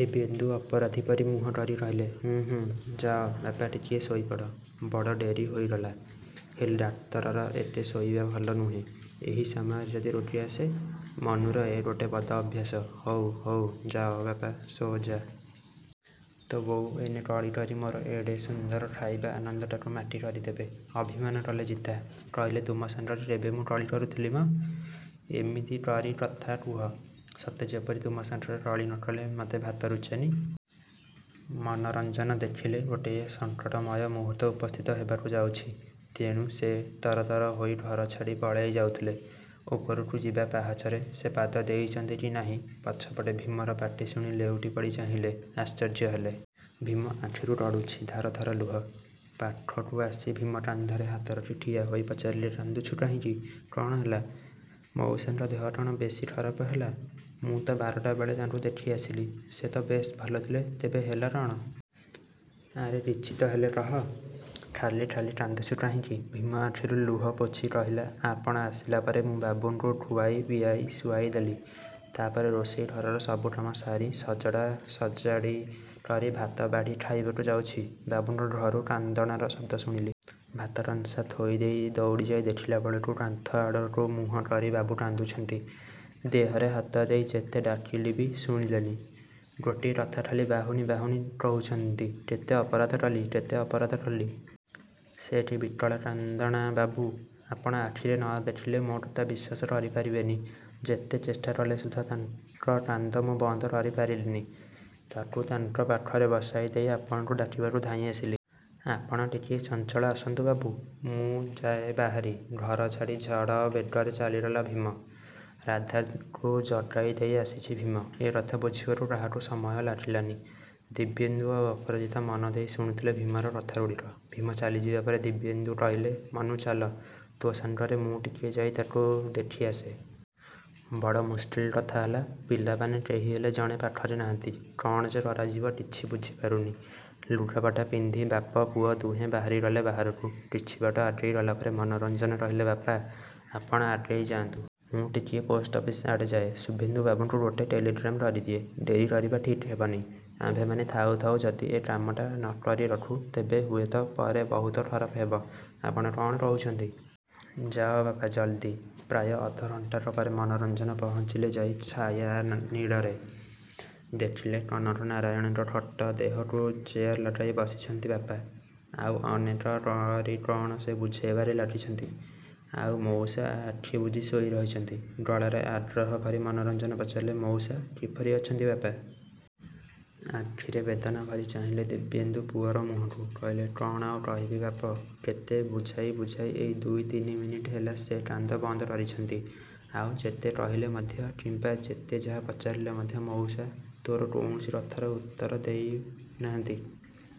ଦିବ୍ୟେନ୍ଦୁ ଅପରାଧୀ ପରି ମୁହଁ କରି କହିଲେ ହୁଁ, ହୁଁ। ଯାଅ, ବାପା ଟିକିଏ ଶୋଇ ପଡ଼। ବଡ଼ ଡେରି ହୋଇଗଲା। ହେଲେ, ଡାକ୍ତରର ଏତେ ଶୋଇବା ଭଲ ନୁହେଁ। ଏହି ସମୟରେ ଯଦି ରୋଗୀ ଆସେ? ମନୁର ଏ ଗୋଟେ ବଦ ଅଭ୍ୟାସ। ହଉ, ହଉ ଯାଅ ବାପା, ଶୋ ଯା। ତୋ ବୋଉ ଏଇନେ କଳି କରି ମୋର ଏଡ଼େ ସୁନ୍ଦର ଖାଇବା ଆନନ୍ଦଟାକୁ ମାଟି କରିଦେବେ। ଅଭିମାନ କଲେ ଜିତା, କହିଲେ ତୁମ ସାଙ୍ଗରେ କେବେ ମୁଁ କଳି କରୁଥିଲି ମ? ଏମିତି କରି କଥା କୁହ, ସତେଯେପରି ତୁମ ସାଙ୍ଗରେ କଳି ନ କଲେ ମତେ ଭାତ ରୁଚେନି। ମନୋରଞ୍ଜନ ଦେଖିଲେ ଗୋଟିଏ ସଙ୍କଟମୟ ମୁହୂର୍ତ୍ତ ଉପସ୍ଥିତ ହେବାକୁ ଯାଉଛି। ତେଣୁ ସେ ତରତର ହୋଇ ଘର ଛାଡ଼ି ପଳାଇ ଯାଉଥିଲେ। ଉପରକୁ ଯିବା ପାହାଚରେ ସେ ପାଦ ଦେଇଛନ୍ତି କି ନାହିଁ, ପଛପଟେ ଭୀମର ପାଟି ଶୁଣି ଲେଉଟି ପଡ଼ି ଚାହିଁଲେ। ଆଶ୍ଚର୍ଯ୍ୟ ହେଲେ! ଭୀମ ଆଖିରୁ ଗଡ଼ୁଛି ଧାର ଧାର ଲୁହ। ପାଖକୁ ଆସି ଭୀମ କାନ୍ଧରେ ହାତ ରଖି ଠିଆ ହୋଇ ପଚାରିଲେ କାନ୍ଦୁଛୁ କାହିଁକି? କ'ଣ ହେଲା? ମଉସାଙ୍କ ଦେହ କ'ଣ ବେଶୀ ଖରାପ ହେଲା? ମୁଁ ତ ବାରଟା ବେଳେ ତାଙ୍କୁ ଦେଖି ଆସିଲି। ସେ ତ ବେଶ୍ ଭଲ ଥିଲେ ତେବେ ହେଲା କ'ଣ? ଆରେ କିଛି ହେଲେ ତ କହ? ଖାଲି ଖାଲି କାନ୍ଦୁଛୁ କାହିଁକି? ଭୀମ ଆଖିରୁ ଲୁହ ପୋଛି କହିଲା ଆପଣ ଆସିଲା ପରେ ମୁଁ ବାବୁଙ୍କୁ ଖୁଆଇ, ପିଆଇ, ଶୁଆଇ ଦେଲି। ତା' ପରେ ରୋଷେଇ ଘରର ସବୁ କାମ ସାରି, ସଜଡ଼ା ସଜାଡ଼ି କରି ଭାତ ବାଢ଼ି ଖାଇବାକୁ ଯାଉଛି, ବାବୁଙ୍କ ଘରୁ କାନ୍ଦଣାର ଶବ୍ଦ ଶୁଣିଲି। ଭାତ କଂସା ଥୋଇ ଦେଇ ଦଉଡ଼ି ଯାଇ ଦେଖିଲା ବେଳକୁ କାନ୍ଥ ଆଡ଼କୁ ମୁହଁ କରି ବାବୁ କାନ୍ଦୁଛନ୍ତି। ଦେହରେ ହାତ ଦେଇ ଯେତେ ଡାକିଲି ବି ଶୁଣିଲେନି। ଗୋଟିଏ କଥା ଖାଲି ବାହୁନି ବାହୁନି କହୁଛନ୍ତି କେତେ ଅପରାଧ କଲି, କେତେ ଅପରାଧ କଲି। ସେ କି ବିକଳ କାନ୍ଦଣା ବାବୁ। ଆପଣ ଆଖିରେ ନ ଦେଖିଲେ ମୋ କଥା ବିଶ୍ୱାସ କରି ପାରିବେନି। ଯେତେ ଚେଷ୍ଟା କଲେ ସୁଦ୍ଧା ତାଙ୍କ କାନ୍ଦ ମୁଁ ବନ୍ଦ କରି ପାରିଲିନି। ତାକୁ ତାଙ୍କ ପାଖରେ ବସାଇ ଦେଇ ଆପଣଙ୍କୁ ଡାକିବାକୁ ଧାଇଁ ଆସିଲି। ଆପଣ ଟିକିଏ ଚଞ୍ଚଳ ଆସନ୍ତୁ ବାବୁ। ମୁଁ ଯାଏ ବାହାରି, ଘର ଛାଡ଼ି ଝଡ଼ ବେଗରେ ଚାଲିଗଲା ଭୀମ। ରାଧାକୁ ଜଗାଇ ଦେଇ ଆସିଛି ଭୀମ। ଏ କଥା ବୁଝିବାକୁ କାହାକୁ ସମୟ ଲାଗିଲାନି। ଦିବ୍ୟେନ୍ଦୁ ଆଉ ଅପରାଜିତା ମନଦେଇ ଶୁଣୁଥିଲେ ଭୀମର କଥାଗୁଡ଼ିକ। ଭୀମ ଚାଲିଯିବା ପରେ ଦିବ୍ୟେନ୍ଦୁ କହିଲେ ମନୁ ଚାଲ, ତୋ ସାଙ୍ଗରେ ମୁଁ ଟିକିଏ ଯାଇ ତାଙ୍କୁ ଦେଖି ଆସେ। ବଡ଼ ମୁସ୍କିଲ କଥା ହେଲା। ପିଲାମାନେ କେହିହେଲେ ଜଣେ ପାଖରେ ନାହାନ୍ତି। କ'ଣ ଯେ କରାଯିବ କିଛି ବୁଝି ପାରୁନି। ଲୁଗାପଟା ପିନ୍ଧି ବାପ ପୁଅ ଦୁହେଁ ବାହାରି ଗଲେ ବାହାରକୁ। କିଛି ବାଟ ଆଗେଇ ଗଲା ପରେ ମନୋରଞ୍ଜନ କହିଲେ ବାପା, ଆପଣ ଆଗେଇ ଯାଆନ୍ତୁ। ମୁଁ ଟିକିଏ ପୋଷ୍ଟ ଅଫିସ୍ ଆଡ଼େ ଯାଏ। ଶୁଭେନ୍ଦୁ ବାବୁଙ୍କୁ ଗୋଟେ ଟେଲିଗ୍ରାମ କରି ଦିଏ। ଡେରି କରିବା ଠିକ୍ ହେବନି। ଆମ୍ଭେମାନେ ଥାଉ ଥାଉ ଯଦି ଏ କାମଟା ନ କରି ରଖୁ, ତେବେ ହୁଏତ ପରେ ବହୁତ ଖରାପ ହେବ। ଆପଣ କ'ଣ କହୁଛନ୍ତି? ଯାଅ, ବାପା ଜଲ୍ଦି। ପ୍ରାୟ ଅଧ ଘଣ୍ଟାକ ପରେ ମନୋରଞ୍ଜନ ପହଞ୍ଚିଲେ ଯାଇ ଛାୟାନୀଡ଼ରେ। ଦେଖିଲେ କନକନାରାୟଣଙ୍କ ଖଟ ଦେହକୁ ଚେୟାର ଲଗାଇ ବସିଛନ୍ତି ବାପା। ଆଉ, ଅନେକ କରି କ'ଣ ସେ ବୁଝାଇବାରେ ଲାଗିଛନ୍ତି। ଆଉ, ମଉସା ଆଖି ବୁଜି ଶୋଇ ରହିଛନ୍ତି। ଗଳାରେ ଆଗ୍ରହ ଭରି ମନୋରଞ୍ଜନ ପଚାରିଲେ, ମଉସା କିପରି ଅଛନ୍ତି ବାପା? ଆଖିରେ ବେଦନା ଭରି ଚାହିଁଲେ ଦିବ୍ୟେନ୍ଦୁ ପୁଅର ମୁହଁକୁ। କହିଲେ କ'ଣ ଆଉ କହିବି ବାପ। କେତେ ବୁଝାଇ ବୁଝାଇ ଏଇ ଦୁଇ ତିନି ମିନିଟ୍ ହେଲା ସେ କାନ୍ଦ ବନ୍ଦ କରିଛନ୍ତି। ଆଉ, ଯେତେ କହିଲେ ମଧ୍ୟ କିମ୍ବା ଯେତେ ଯାହା ପଚାରିଲେ ମଧ୍ୟ ମଉସା ତୋର କୌଣସି କଥାର ଉତ୍ତର ଦେଇ ନାହାନ୍ତି।